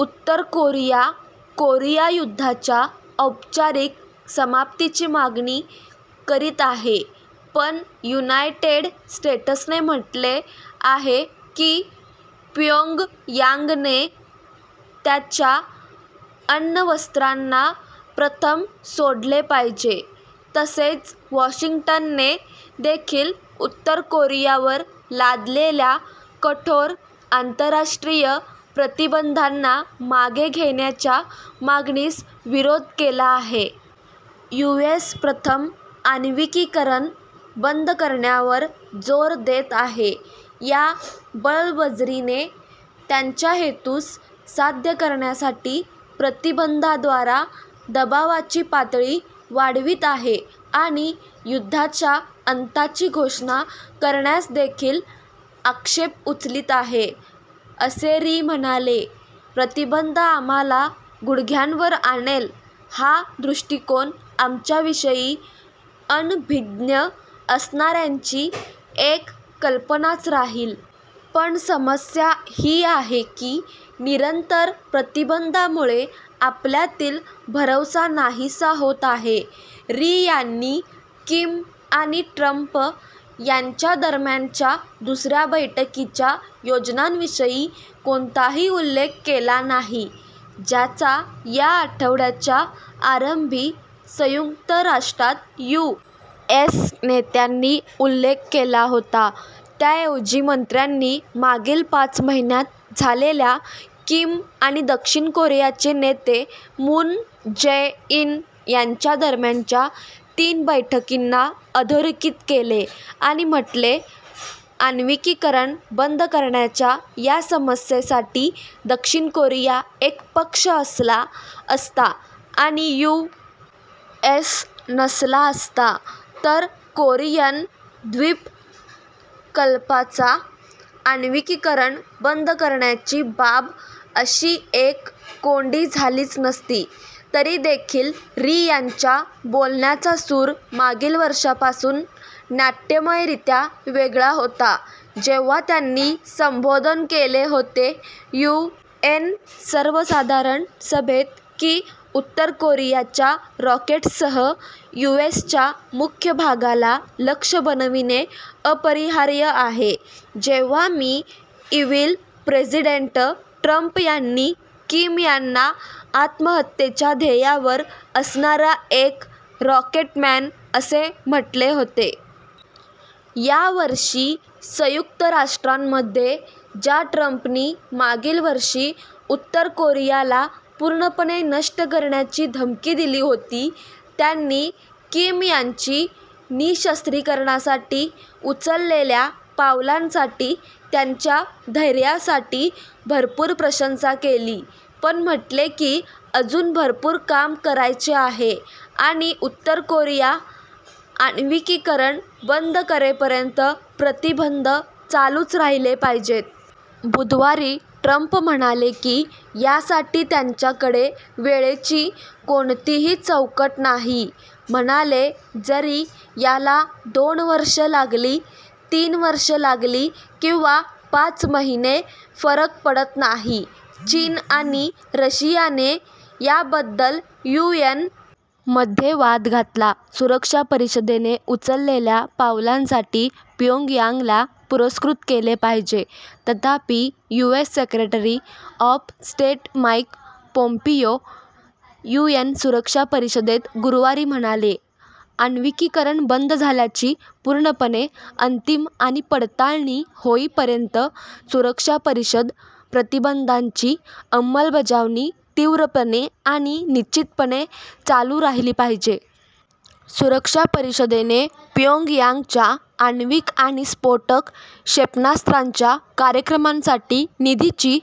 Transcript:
उत्तर Korea Korea युद्धाच्या औपचारिक समाप्तीची मागणी करीत आहे, पण युनायटेड स्टेट्सने म्हटले आहे की प्योंगयांगने त्याच्या अण्वस्त्रांना प्रथम सोडले पाहिजे. तसेच वाशिंग्टनने देखील उत्तर कोरियावर लादलेल्या कठोर आंतरराष्ट्रीय प्रतिबंधांना मागे घेण्याच्या मागणीस विरोध केला आहे. "यू. एस. प्रथम "आण्विकीकरण बंद करण्यावर" जोर देत आहे आणि बळबजरीने त्यांच्या हेतूस साध्य करण्यासाठी प्रतिबंधांद्वारा दबावाची पातळी वाढवीत आहे आणि "युद्धाच्या अंताची घोषणा" करण्यास देखील आक्षेप उचलीत आहे," असे री म्हणाले. "प्रतिबंध आम्हाला गुडघ्यांवर आणेल हा दृष्टीकोन आमच्याविषयी अनभिज्ञ असणाऱ्यांची एक कल्पनाच राहील. पण समस्या ही आहे की निरंतर प्रतिबंधांमुळे आपल्यातील भरवसा नाहीसा होत आहे. " री यांनी किम आणि ट्रम्प यांच्या दरम्यानच्या दुसऱ्या बैठकीच्या योजनांविषयी कोणताही उल्लेख केला नाही, ज्याचा या आठवड्याच्या आरंभी संयुक्त राष्ट्रात यू. एस. नेत्यांनी उल्लेख केला होता. त्याऐवजी मंत्र्यांनी मागील पाच महिन्यात झालेल्या किम आणि दक्षिण कोरियाचे नेते मून जै-इन यांच्या दरम्यानच्या तीन बैठकींना अधोरेखित केले आणि म्हटले: "आण्विकीकरण बंद करण्याच्या या समस्येसाठी दक्षिण कोरिया एक पक्ष असला असता आणि यू. एस. नसला असता, तर कोरियन द्वीपकल्पाचा आण्विकीकरण बंद करण्याची बाब अशी एक कोंडी झालीच नसती. " तरी देखील, री यांच्या बोलण्याचा सूर मागील वर्षापासून नाट्यमयरीत्या वेगळा होता, जेव्हा त्यांनी संबोधन केले होते यू. एन. सर्वसाधारण सभेत की उत्तर कोरियाच्या रॉकेट्ससह यू. एस. च्या मुख्य भागाला लक्ष्य बनविणे अपरिहार्य आहे, जेव्हा "मि. इव्हिल प्रेसिडेंट" ट्रम्प यांनी किम यांना आत्महत्येच्या ध्येयावर असणारा एक "रॉकेट मॅन" असे म्हटले होते. या वर्षी संयुक्त राष्ट्रांमध्ये, ज्या ट्रम्पनी मागील वर्षी उत्तर कोरियाला "पूर्णपणे नष्ट" करण्याची धमकी दिली होती, त्यांनी किम यांची निःशस्त्रीकरणासाठी उचललेल्या पावलांसाठी त्यांच्या धैर्यासाठी भरपूर प्रशंसा केली, पण म्हटले की अजून भरपूर काम करायचे आहे आणि उत्तर कोरिया आण्विकीकरण बंद करेपर्यंत प्रतिबंध चालूच राहिले पाहिजेत. बुधवारी, ट्रम्प म्हणाले की यासाठी त्यांच्याकडे वेळेची कोणतीही चौकट नाही, म्हणाले, "जरी याला दोन वर्षे लागली, तीन वर्षे लागली किंवा पाच महिने – फरक पडत नाही. " चीन आणि रशियाने याबद्दल यू. एन. मध्ये वाद घातला. सुरक्षा परिषदेने उचललेल्या पावलांसाठी प्योंगयांगला पुरस्कृत केले पाहिजे. तथापि, U. S. Secretary of state Mike Pompeo U. N. सुरक्षा परिषदेत गुरुवारी म्हणाले: "आण्विकीकरण बंद झाल्याची पूर्णपणे, अंतिम आणि पडताळणी होईपर्यंत सुरक्षा परिषद प्रतिबंधांची अंमलबजावणी तीव्रपणे आणि निश्चितपणे चालू राहिली पाहिजे. " सुरक्षा परिषदेने प्योंगयांगच्या आण्विक आणि स्फोटक क्षेपणास्त्रांच्या कार्यक्रमांसाठी निधीची